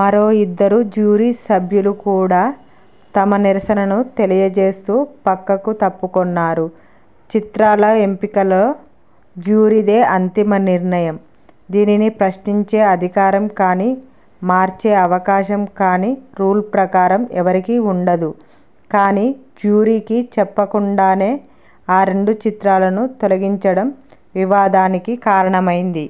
మరో ఇద్దరు జ్యూరీ సభ్యులు కూడా తమ నిరసనని తెలియచేస్తూ పక్కకు తప్పుకొన్నారు. చిత్రాల ఎంపికలో జ్యూరీదే అంతిమ నిర్ణయం. దీనిని ప్రశ్నించే అధికారం కానీ, మార్చే అవకాశం కానీ రూల్ ప్రకారం ఎవరికీ ఉండదు. కానీ జ్యూరీకి చెప్పకుండానే ఆ రెండు చిత్రాలను తొలగించడం వివాదానికి కారణమైంది.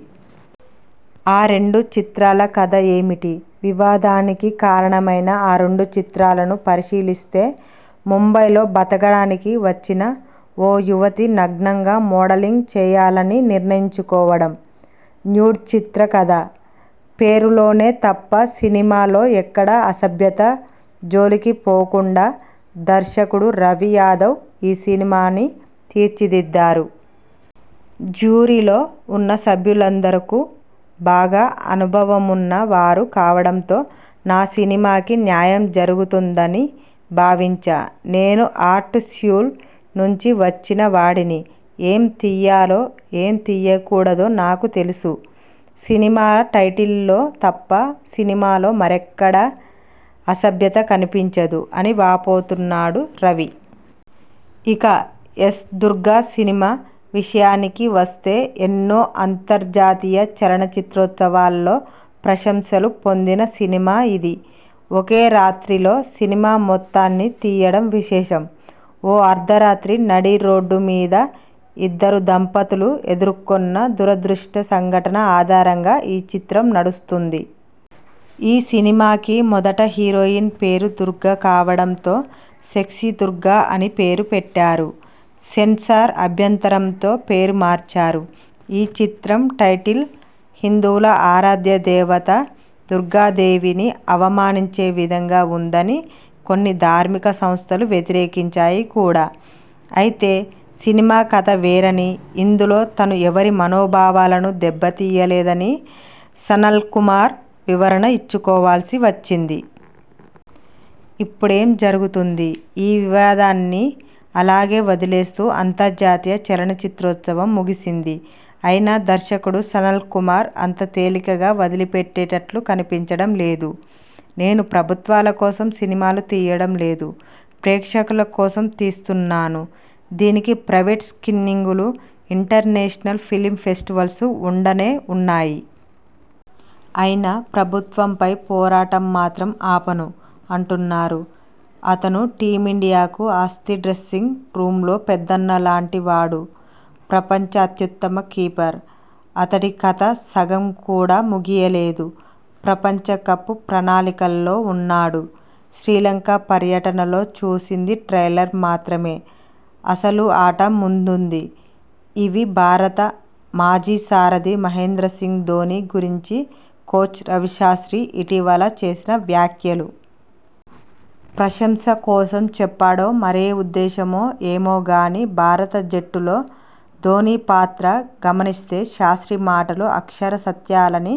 ఆ రెండు చిత్రాల కథ ఏమిటి? వివాదానికి కారణమైన ఆ రెండు చిత్రాలను పరిశీలిస్తే ముంబైలో బతకడానికి వచ్చిన ఓ యువతి నగ్నంగా మోడలింగ్ చేయాలని నిర్ణయించుకోవడం 'న్యూడ్' చిత్ర కథ. పేరులోనే తప్ప సినిమాలో ఎక్కడా అసభ్యత జోలికి పోకుండా దర్శకుడు రవి యాదవ్ ఈ సినిమాని తీర్చిదిద్దారు. ' జ్యూరీలో ఉన్న సభ్యులందరకూ బాగా అనుభవమున్న వారు కావడంతో నా సినిమాకి న్యాయం జరుగుతుందని భావించా. నేను ఆర్ట్ స్యూల్ నుంచి వచ్చిన వాడిని. ఏం తీయాలో ఏం తియ్యకూడదో నాకు తెలుసు. సినిమా టైటిల్లో తప్ప సినిమాలో మరెక్కడా అసభ్యత కనిపించదు. ' అని వాపోతున్నాడు రవి. ఇక 'ఎస్. దుర్గ' సినిమా విషయానికి వస్తే ఎన్నో అంతర్జాతీయ చలనచిత్రోత్సవాల్లో ప్రశంసలు పొందిన సినిమా ఇది. ఒకే రాత్రిలో సినిమా మొత్తాన్ని తీయడం విశేషం. ఓ అర్థరాత్రి నడి రోడ్డు మీద ఇద్దరు దంపతులు ఎదుర్కొన్న దురదృష్ట సంఘటన ఆధారంగా ఈ చిత్రం నడుస్తుంది. ఈ సినిమాకి మొదట హీరోయిన్ పేరు దుర్గ కావడంతో 'సెక్సీ దుర్గ' అని పేరు పెట్టారు. సెన్సార్ అభ్యంతరంతో పేరు మార్చారు. ఈ చిత్రం టైటిల్ హిందువుల ఆరాధ్య దేవత దుర్గాదేవిని అవమానించే విధంగా ఉందని కొన్ని ధార్మిక సంస్థలు వ్యతిరేకించాయి కూడా. అయితే సినిమా కథ వేరనీ, ఇందులో తను ఎవరి మనోభావాలు దెబ్బతీయలేదని సనల్కుమార్ వివరణ ఇచ్చుకోవాల్సి వచ్చింది. ఇప్పుడేం జరుగుతుంది? ఈ వివాదాన్ని అలాగే వదిలేస్తూ అంతర్జాతీయ చలనచిత్రోత్సవం ముగిసింది. అయినా దర్శకుడు సనల్కుమార్ అంత తేలికగా వదిలిపెట్టేట్లు కనిపించడం లేదు. నేను ప్రభుత్వాల కోసం సినిమాలు తీయడం లేదు. ప్రేక్షకుల కోసం తీస్తున్నాను. దీనికి ప్రైవేట్ స్ర్కీనింగులు, ఇంటర్నేషనల్ ఫిల్మ్ ఫెస్టివల్స్ ఉండనే ఉన్నాయి. అయినా ప్రభుత్వంపై పోరాటం మాత్రం ఆపను' అంటున్నారు. 'అతను టీమిండియాకు ఆస్తి. డ్రెస్సింగ్ రూమ్లో పెద్దన్నలాంటి వాడు. ప్రపంచ అత్యుత్తమ కీపర్! అతడి కథ సగం కూడా ముగియలేదు. ప్రపంచ కప్ ప్రణాళికల్లో ఉన్నాడు. శ్రీలంక పర్యటనలో చూసింది ట్రైలర్ మాత్రమే ఆసలు ఆట ముందుంది' ఇవీ భారత మాజీ సారథి మహేంద్రసింగ్ ధోనీ గురించి కోచ్ రవిశాస్ర్తి ఇటీవల చేసిన వ్యాఖ్యలు! ప్రశంసకోసం చెప్పాడో మరే ఉద్దేశమో ఏమో గానీ భారత జట్టులో ధోనీ పాత్రను గమనిస్తే శాస్ర్తి మాటలు అక్షర సత్యాలని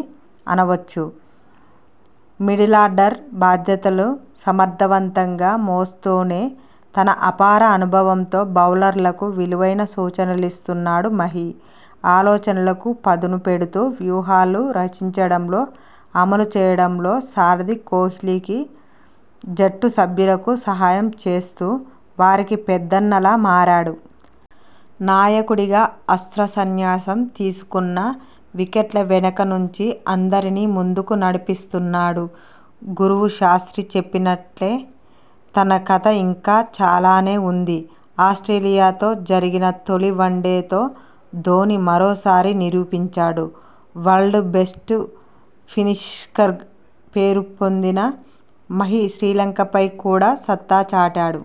అనొచ్చు! మిడిలార్డర్ బాధ్యతలు సమర్థవంతంగా మోస్తూనే తన అపార అనుభవంతో బౌలర్లకు విలువైన సూచనలిస్తున్నాడు మహీ! ఆలోచనలకు పదును పెడుతూ వ్యూహాలు రచించడంలో అమలు చేయడంలో సారథి కోహ్లీకి, జట్టు సభ్యులకు సాయం చేస్తూ వారికి పెద్దన్నలా మారాడు! నాయకుడిగా అస్త్రసన్యాసం తీసుకున్నా వికెట్ల వెనకాల నుంచి అందరినీ ముందుకు నడిపిస్తున్నాడు! గురువు శాస్ర్తి చెప్పినట్టే తన కథ ఇంకా చాలానే ఉందని ఆస్ట్రేలియాతో జరిగిన తొలి వన్డేతో ధోనీ మరోసారి నిరూపించాడు. వరల్డ్ బెస్ట్ ఫినిషర్గా పేరొందిన మహీ శ్రీలంకపై కూడా సత్తా చాటాడు.